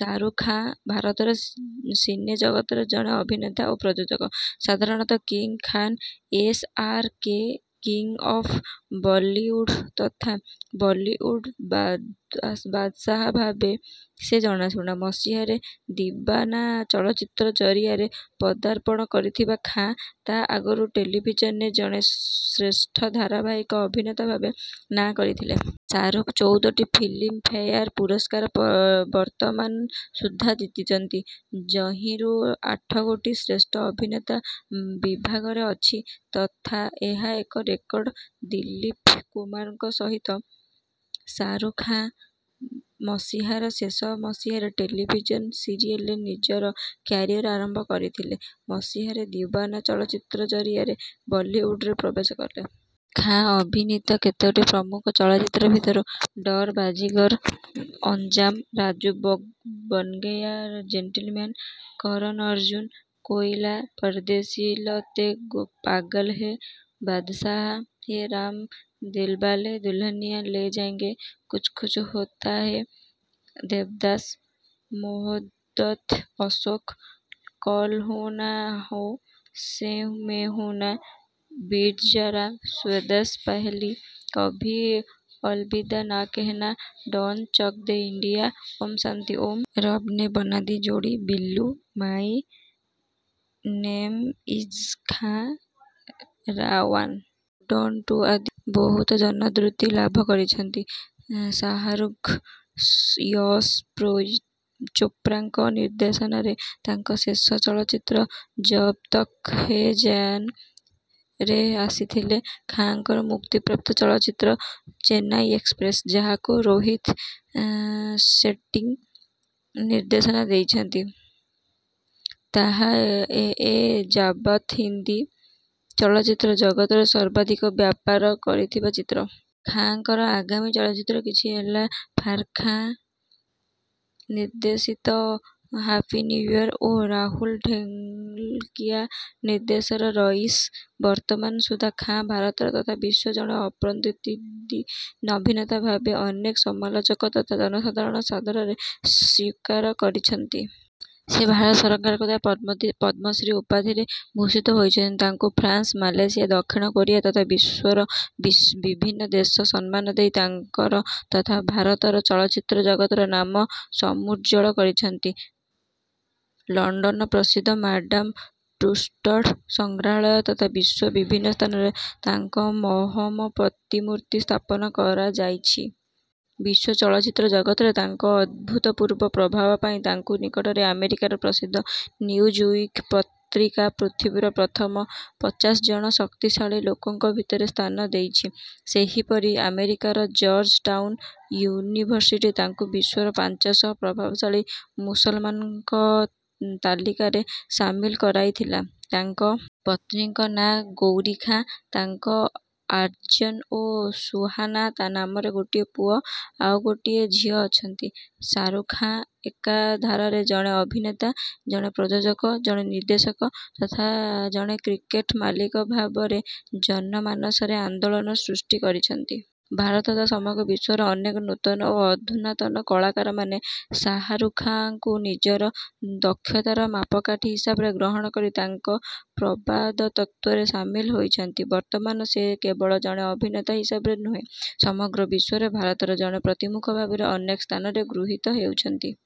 ସାହାରୁଖ ଖାଁ ଭାରତର ସିନେ ଜଗତର ଜଣେ ଅଭିନେତା ଓ ପ୍ରଯୋଜକ। ସାଧାରଣତଃ King Khan, S. R. K, King of Bollywood ତଥା ବଲିଉଡ଼ ବାଦଶାହ ଭାବରେ ସେ ଜଣାଶୁଣା। ମସିହାରେ ଦିବାନା ଚଳଚ୍ଚିତ୍ର ଜରିଆରେ ପଦାର୍ପଣ କରିଥିବା ଖାଁ ତା' ଆଗରୁ ଟେଲିଭିଜନରେ ଜଣେ ଶ୍ରେଷ୍ଠ ଧାରାବାହିକ ଅଭିନେତା ଭାବରେ ନାଁ କରିଥିଲେ। ସାହାରୁଖ ଚଉଦଟି ଫିଲ୍ମଫେୟାର୍ ପୁରସ୍କାର ବର୍ତ୍ତମାନ ସୁଦ୍ଧା ଜିତିଛନ୍ତି, ଯହିଁରୁ ଆଠ ଗୋଟି ଶ୍ରେଷ୍ଠ ଅଭିନେତା ବିଭାଗରେ ଅଛି, ତଥା ଏହା ଏକ ରେକର୍ଡ଼ ଦିଲ୍ଲୀପ କୁମାରଙ୍କ ସହିତ। ସାହାରୁଖ ଖାଁ ମସିହାର ଶେଷ ସମୟରେ ଟେଲିଭିଜନ୍ ସିରିୟଲରେ ନିଜର କ୍ୟାରିୟର୍ ଆରମ୍ଭ କରିଥିଲେ। ମସିହାରେ ଦିୱାନା ଚଳଚ୍ଚିତ୍ର ଜରିଆରେ ବଲିଉଡରେ ପ୍ରବେଶ କଲେ। ଖାଁ ଅଭିନୀତ କେତେଗୋଟି ପ୍ରମୁଖ ଚଳଚ୍ଚିତ୍ର ଭିତରୁ ଡର୍, ବାଜିଗର୍, ଅଞ୍ଜାମ୍, ରାଜୁ ବନଗୟା ଜେନ୍ଟଲ୍-ମ୍ୟାନ୍, କରନ-ଅର୍ଜୁନ, କୋଇଲା, ପରଦେଶ୍ଦି ଲ ତୋ ପାଗଲ ହୈ ବାଦଶାହ ହେ ରାମ ଦିଲବାଲେ ଦୁଲହନିଆଁ ଲେ ଜାଏଙ୍ଗେ, କୁଛ୍ କୁଛ୍ ହୋତା ହୈ, ଦେବଦାସ, ମହୋବ୍ୱତେ, ଅଶୋକା, କଲ୍ ହୋ ନା ହୋ, ମେ ହୁଁ ନା, ବୀର୍-ଜାରା, ସ୍ୱଦେଶ୍, ପହେଲି, କଭି ଅଲବିଦା ନା କହ ନା, ଡନ, ଚକ ଦେ ଇଣ୍ଡିଆ, ଓଁ ଶାନ୍ତି ଓଁ, ରବ୍ ନେ ବନା Di Jodi, Billu, my name is Khan, Ra One ଓ ଡନ ଟୁ ଆଦି ବହୁତ ଜନାଦୃତି ଲାଭ କରିଛନ୍ତି। ଶାହରୁଖ ୟଶ ଚୋପ୍ରାଙ୍କ ନିର୍ଦ୍ଦେଶନାରେ ତାଙ୍କର ଶେଷ ଚଳଚ୍ଚିତ୍ର 'ଜବ୍ ତକ୍ ହେ ଜାନ୍'ରେ ଆସିଥିଲେ। ଖାଁଙ୍କର -ମୁକ୍ତିପ୍ରାପ୍ତ ଚଳଚ୍ଚିତ୍ର 'ଚେନ୍ନାଇ ଏକ୍ସପ୍ରେସ୍', ଯାହାକୁ ରୋହିତ୍ ସେଟ୍ଟୀ ନିର୍ଦ୍ଦେଶନା ଦେଇଛନ୍ତି, ତାହା ଏ ଯାବତ୍ ହିନ୍ଦୀ ଚଳଚ୍ଚିତ୍ର-ଜଗତର ସର୍ବାଧିକ ବ୍ୟାପାର କରିଥିବା ଚିତ୍ର। ଖାଁଙ୍କର ଆଗାମୀ ଚଳଚ୍ଚିତ୍ର କିଛି ହେଲା ଫାରା ଖାନ ନିର୍ଦ୍ଦେଶିତ 'ହାପି ନ୍ୟୁ ଇୟର୍' ଓ ରାହୁଲ ଢୋଲକିଆ ନିର୍ଦ୍ଦେଶିତ 'ରଈସ'। ବର୍ତ୍ତମାନ ସୁଦ୍ଧା ଖାଁ ଭାରତର ତଥା ବିଶ୍ୱର ଜଣେ ଅପ୍ରତିଦ୍ୱନ୍ଦୀ ଅଭିନେତା ଭାବରେ ଅନେକ ସମାଲୋଚକ ତଥା ଜନସାଧାରଣ ସାଦରେ ସ୍ୱୀକାର କରିଛନ୍ତି। ସେ ଭାରତ ସରକାରଙ୍କ ଦ୍ୱାରା ପଦ୍ମଶ୍ରୀ ଉପାଧିରେ ଭୂଷିତ ହୋଇଛନ୍ତି। ତାଙ୍କୁ ଫ୍ରାନ୍ସ, ମାଲୟସିଆ, ଦକ୍ଷିଣ କୋରିଆ ତଥା ବିଶ୍ୱର ବିଭିନ୍ନ ଦେଶ ସମ୍ମାନ ଦେଇ ତାଙ୍କର ତଥା ଭାରତର ଚଳଚ୍ଚିତ୍ର ଜଗତର ନାମ ସମୁଜ୍ଜ୍ୱଳ କରିଛନ୍ତି। ଲଣ୍ଡନର ପ୍ରସିଦ୍ଧ ମାଡାମ ଟୁଷଡ୍ ସଂଗ୍ରହାଳୟ ତଥା ବିଶ୍ୱର ବିଭିନ୍ନ ସ୍ଥାନରେ ତାଙ୍କ ମହମ ପ୍ରତିମୂର୍ତ୍ତି ସ୍ଥାପନା କରାଯାଇଛି। ବିଶ୍ୱ ଚଳଚ୍ଚିତ୍ର ଜଗତରେ ତାଙ୍କ ଅଭୂତପୂର୍ବ ପ୍ରଭାବ ପାଇଁ ତାଙ୍କୁ ନିକଟରେ ଆମେରିକାର ପ୍ରସିଦ୍ଧ ନ୍ୟୁଜ-ୱିକ ପତ୍ରିକା ପୃଥିବୀର ପ୍ରଥମ ପଚାଶ ଜଣ ଶକ୍ତିଶାଳୀ ଲୋକଙ୍କ ଭିତରେ ସ୍ଥାନ ଦେଇଛି। ସେହିପରି ଆମେରିକାର ଜର୍ଜ-ଟାଉନ୍ ୟୁନିଭର୍ସିଟି ତାଙ୍କୁ ବିଶ୍ୱର ପାଞ୍ଚଶହ ପ୍ରଭାବଶାଳୀ ମୁସଲମାନଙ୍କ ତାଲିକାରେ ସାମିଲ କରିଥିଲା। ତାଙ୍କ ପତ୍ନୀଙ୍କ ନାଁ ଗୌରୀ ଖାଁ। ତାଙ୍କର ଆର୍ଯନ୍ ଓ ସୁହାନା ନାମରେ ଗୋଟିଏ ପୁଅ ଆଉ ଗୋଟିଏ ଝିଅ ଅଛନ୍ତି। ସାହାରୁଖ ଖାଁ ଏକାଧାରରେ ଜଣେ ଅଭିନେତା, ଜଣେ ପ୍ରଯୋଜକ, ଜଣେ ନିର୍ଦ୍ଦେଶକ ତଥା ଜଣେ କ୍ରିକେଟ୍ ମାଲିକ ଭାବରେ ଜନମାନସରେ ଆନ୍ଦୋଳନ ସୃଷ୍ଟି କରିଛନ୍ତି। ଭାରତ ତଥା ସମଗ୍ର ବିଶ୍ୱର ଅନେକ ନୂତନ ଓ ଅଧୁନାତନ କଳାକାରମାନେ ସାହାରୁଖ ଖାଁଙ୍କୁ ନିଜର ଦକ୍ଷତାର ମାପକାଠି ହିସାବରେ ଗ୍ରହଣ କରି ତାଙ୍କ ପ୍ରବାଦତ୍ୱରେ ସାମିଲ ହୋଇଛନ୍ତି। ବର୍ତ୍ତମାନ ସେ କେବଳ ଜଣେ ଅଭିନେତା ହିସାବରେ ନୁହେଁ, ସମଗ୍ର ବିଶ୍ୱରେ ଭାରତର ଜଣେ ପ୍ରତିମୁଖ ଭାବରେ ଅନେକ ସ୍ଥାନରେ ଗୃହୀତ ହେଉଛନ୍ତି।